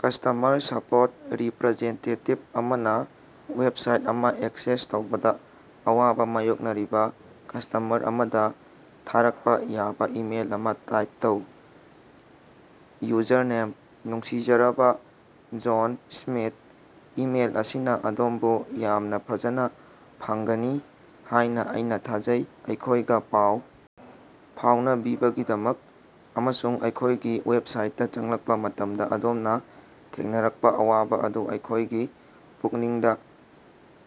Customer support representative ꯑꯃꯅ website ꯑꯃ access ꯇꯧꯕꯗ ꯑꯋꯥꯕ ꯃꯥꯌꯣꯛꯅꯔꯤꯕ ꯀꯁ꯭ꯇꯃꯔ ꯑꯃꯗ ꯊꯥꯔꯀꯄ ꯌꯥꯕ ꯏꯃꯦꯏꯜ ꯑꯃ ꯇꯥꯏꯞ ꯇꯧ꯫ ꯌꯨꯖꯔꯅꯦꯝ: ꯅꯨꯡꯁꯤꯖꯔꯕ ꯖꯣꯟ ꯁ꯭ꯃꯤꯊ, ꯏꯃꯦꯜ ꯑꯁꯤꯅ ꯑꯗꯣꯝꯕꯨ ꯌꯥꯝꯅ ꯐꯖꯅ ꯐꯪꯒꯅꯤ ꯍꯥꯏꯅ ꯑꯩꯅ ꯊꯥꯖꯩ꯫ ꯑꯩꯈꯣꯏꯒ ꯄꯥꯎ ꯐꯥꯎꯅꯕꯤꯕꯒꯤꯗꯃꯛ ꯑꯃꯁꯨꯡ ꯑꯩꯈꯣꯏꯒꯤ ꯋꯦꯕꯁꯥꯏꯠꯇ ꯆꯪꯂꯛꯄ ꯃꯇꯝꯗ ꯑꯗꯣꯝꯅ ꯊꯦꯡꯅꯔꯛꯄ ꯑꯋꯥꯕ ꯑꯗꯨ ꯑꯩꯈꯣꯏꯒꯤ ꯄꯨꯛꯅꯤꯡꯗ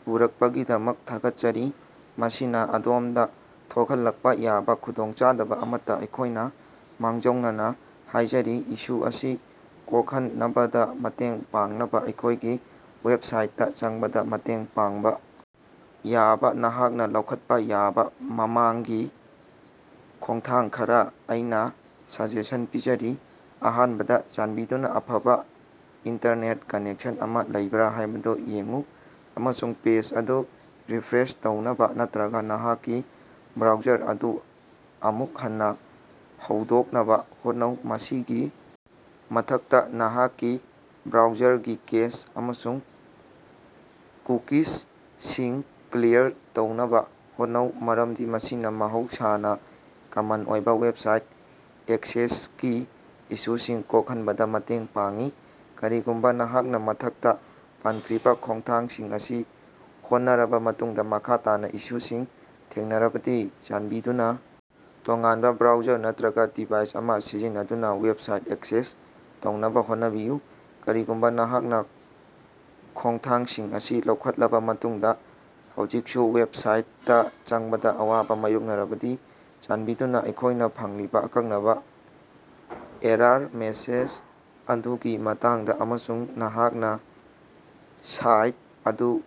ꯄꯨꯔꯛꯄꯒꯤꯗꯃꯛ ꯊꯥꯒꯠꯆꯔꯤ꯫ ꯃꯁꯤꯅ ꯑꯗꯣꯝꯗ ꯊꯣꯛꯍꯜꯂꯛꯄ ꯌꯥꯕ ꯈꯨꯗꯣꯡꯆꯥꯗꯕ ꯑꯃꯠꯇ ꯑꯩꯈꯣꯏꯅ ꯃꯥꯡꯖꯧꯅꯅꯥ ꯍꯥꯌꯖꯔꯤ꯫ ꯏꯁꯨ ꯑꯁꯤ ꯀꯣꯛꯍꯟꯅꯕꯗ ꯃꯇꯦꯡ ꯄꯥꯡꯅꯕ, ꯑꯩꯈꯣꯏꯒꯤ ꯋꯦꯕꯁꯥꯏꯠꯇꯥ ꯆꯪꯕꯗ ꯃꯇꯦꯡ ꯄꯥꯡꯕ ꯌꯥꯕ ꯅꯍꯥꯛꯅ ꯂꯧꯈꯠꯄ ꯌꯥꯕ ꯃꯃꯥꯡꯒꯤ ꯈꯣꯡꯊꯥꯡ ꯈꯔꯥ ꯑꯩꯅ ꯁꯖꯦꯁꯟ ꯄꯤꯖꯔꯤ꯫ ꯑꯍꯥꯟꯕꯗ, ꯆꯥꯟꯕꯤꯗꯨꯅ ꯑꯐꯕ ꯏꯟꯇꯔꯅꯦꯠ ꯀꯅꯦꯛꯁꯟ ꯑꯃ ꯂꯩꯕ꯭ꯔꯥ ꯍꯥꯏꯕꯗꯨ ꯌꯦꯡꯎ, ꯑꯃꯁꯨꯡ ꯄꯦꯖ ꯑꯗꯨ ꯔꯤꯐ꯭ꯔꯦꯁ ꯇꯧꯅꯕ ꯅꯠꯇ꯭ꯔꯒ ꯅꯍꯥꯛꯀꯤ ꯕ꯭ꯔꯥꯎꯖꯔ ꯑꯗꯨ ꯑꯃꯨꯛ ꯍꯟꯅ ꯍꯧꯗꯣꯛꯅꯕ ꯍꯣꯠꯅꯧ꯫ ꯃꯁꯤꯒꯤ ꯃꯊꯛꯇ, ꯅꯍꯥꯛꯀꯤ ꯕ꯭ꯔꯥꯎꯖꯔꯒꯤ ꯀꯦꯁ ꯑꯃꯁꯨꯡ ꯀꯨꯀꯤꯖꯁꯤꯡ ꯀ꯭ꯂꯤꯌꯔ ꯇꯧꯅꯕ ꯍꯣꯠꯅꯧ, ꯃꯔꯝꯗꯤ ꯃꯁꯤꯅ ꯃꯍꯧꯁꯥꯅ ꯀꯃꯟ ꯑꯣꯏꯕ ꯋꯦꯕꯁꯥꯏꯠ ꯑꯦꯛꯁꯦꯁꯀꯤ ꯏꯁꯨꯁꯤꯡ ꯀꯣꯛꯍꯟꯅꯕꯗ ꯃꯇꯦꯡ ꯄꯥꯡꯏ ꯀꯔꯤꯒꯨꯝꯕ ꯅꯍꯥꯛꯅ ꯃꯊꯛꯇꯥ ꯄꯟꯈ꯭ꯔꯤꯕ ꯈꯣꯡꯊꯥꯡꯁꯤꯡ ꯑꯁꯤ ꯍꯣꯠꯅꯔꯕ ꯃꯇꯨꯡꯗ ꯃꯈꯥ ꯇꯥꯅ ꯏꯁꯨꯁꯤꯡ ꯊꯦꯡꯅꯔꯕꯗꯤ, ꯆꯥꯟꯕꯤꯗꯨꯅ ꯇꯣꯉꯥꯟꯕ ꯕ꯭ꯔꯥꯎꯖꯔ ꯅꯠꯇ꯭ꯔꯒꯥ ꯗꯤꯚꯥꯏꯁ ꯑꯃ ꯁꯤꯖꯤꯟꯅꯗꯨꯅ ꯋꯦꯕꯁꯥꯏꯠ ꯑꯦꯛꯁꯦꯁ ꯇꯧꯅꯕ ꯍꯣꯠꯅꯕꯤꯌꯨ꯫ ꯀꯔꯤꯒꯨꯝꯕ ꯅꯍꯥꯛꯅ ꯈꯣꯡꯊꯥꯡꯁꯤꯡ ꯑꯁꯤ ꯂꯧꯈꯠꯂꯕ ꯃꯇꯨꯡꯗ ꯍꯧꯖꯤꯛꯁꯨ ꯋꯦꯕꯁꯥꯏꯠꯇ ꯆꯪꯕꯗ ꯑꯋꯥꯕ ꯃꯥꯌꯣꯛꯅꯔꯕꯗꯤ, ꯆꯥꯟꯕꯤꯗꯨꯅ ꯅꯍꯥꯛꯅ ꯐꯪꯂꯤꯕ ꯑꯀꯛꯅꯕ ꯑꯦꯔꯥꯔ ꯃꯦꯁꯦꯖ ꯑꯗꯨꯒꯤ ꯃꯇꯥꯡꯗ ꯑꯃꯁꯨꯡ ꯅꯍꯥꯛꯅ ꯁꯥꯏꯠ ꯑꯗꯨ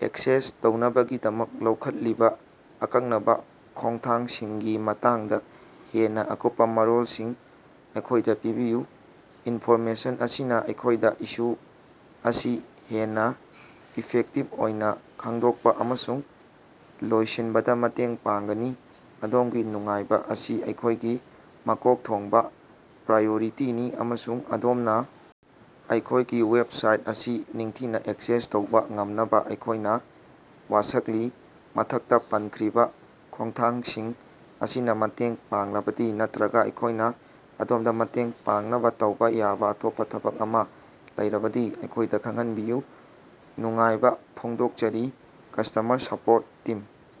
ꯑꯦꯛꯁꯦꯁ ꯇꯧꯅꯕꯒꯤꯗꯃꯛ ꯂꯧꯈꯠꯂꯤꯕ ꯑꯀꯛꯅꯕ ꯈꯣꯡꯊꯥꯡꯁꯤꯡꯒꯤ ꯃꯇꯥꯡꯗ ꯍꯦꯟꯅꯥ ꯑꯀꯨꯞꯄꯥ ꯃꯔꯣꯜꯁꯤꯡ ꯑꯩꯈꯣꯏꯗ ꯄꯤꯕꯤꯌꯨ꯫ ꯏꯟꯐꯣꯔꯃꯦꯁꯟ ꯑꯁꯤꯅ ꯑꯩꯈꯣꯏꯗ ꯏꯁꯨ ꯑꯁꯤ ꯍꯦꯟꯅ ꯏꯐꯦꯛꯇꯤꯚ ꯑꯣꯏꯅ ꯈꯪꯗꯣꯛꯄ ꯑꯃꯁꯨꯡ ꯂꯣꯏꯁꯤꯟꯕꯗ ꯃꯇꯦꯡ ꯄꯥꯡꯒꯅꯤ꯫ ꯑꯗꯣꯝꯒꯤ ꯅꯨꯡꯉꯥꯏꯕ ꯑꯁꯤ ꯑꯩꯈꯣꯏꯒꯤ ꯃꯀꯣꯛ ꯊꯣꯡꯕ ꯄ꯭ꯔꯥꯌꯣꯔꯤꯇꯤꯅꯤ, ꯑꯃꯁꯨꯡ ꯑꯗꯣꯝꯅ ꯑꯩꯈꯣꯏꯒꯤ ꯋꯦꯕꯁꯥꯏꯠ ꯑꯁꯤ ꯅꯤꯡꯊꯤꯅ ꯑꯦꯛꯁꯦꯁ ꯇꯧꯕ ꯉꯝꯅꯕ ꯑꯩꯈꯣꯏꯅ ꯋꯥꯁꯛꯂꯤ꯫ ꯃꯊꯛꯇꯥ ꯄꯟꯈ꯭ꯔꯤꯕ ꯈꯣꯡꯊꯥꯡꯁꯤꯡ ꯑꯁꯤꯅꯥ ꯃꯇꯦꯡ ꯄꯥꯡꯂꯕꯗꯤ ꯅꯠꯇ꯭ꯔꯒ ꯑꯩꯈꯣꯏꯅ ꯑꯗꯣꯝꯗ ꯃꯇꯦꯡ ꯄꯥꯡꯅꯕ ꯇꯧꯕ ꯌꯥꯕ ꯑꯇꯣꯞꯄ ꯊꯕꯛ ꯑꯃ ꯂꯩꯔꯕꯗꯤ ꯑꯩꯈꯣꯏꯗ ꯈꯪꯍꯟꯕꯤꯌꯨ꯫ ꯅꯨꯡꯉꯥꯏꯕ ꯐꯣꯡꯗꯣꯛꯆꯔꯤ, ꯀꯁ꯭ꯇꯃꯔ ꯁꯄꯣꯔꯠ ꯇꯤꯝ꯫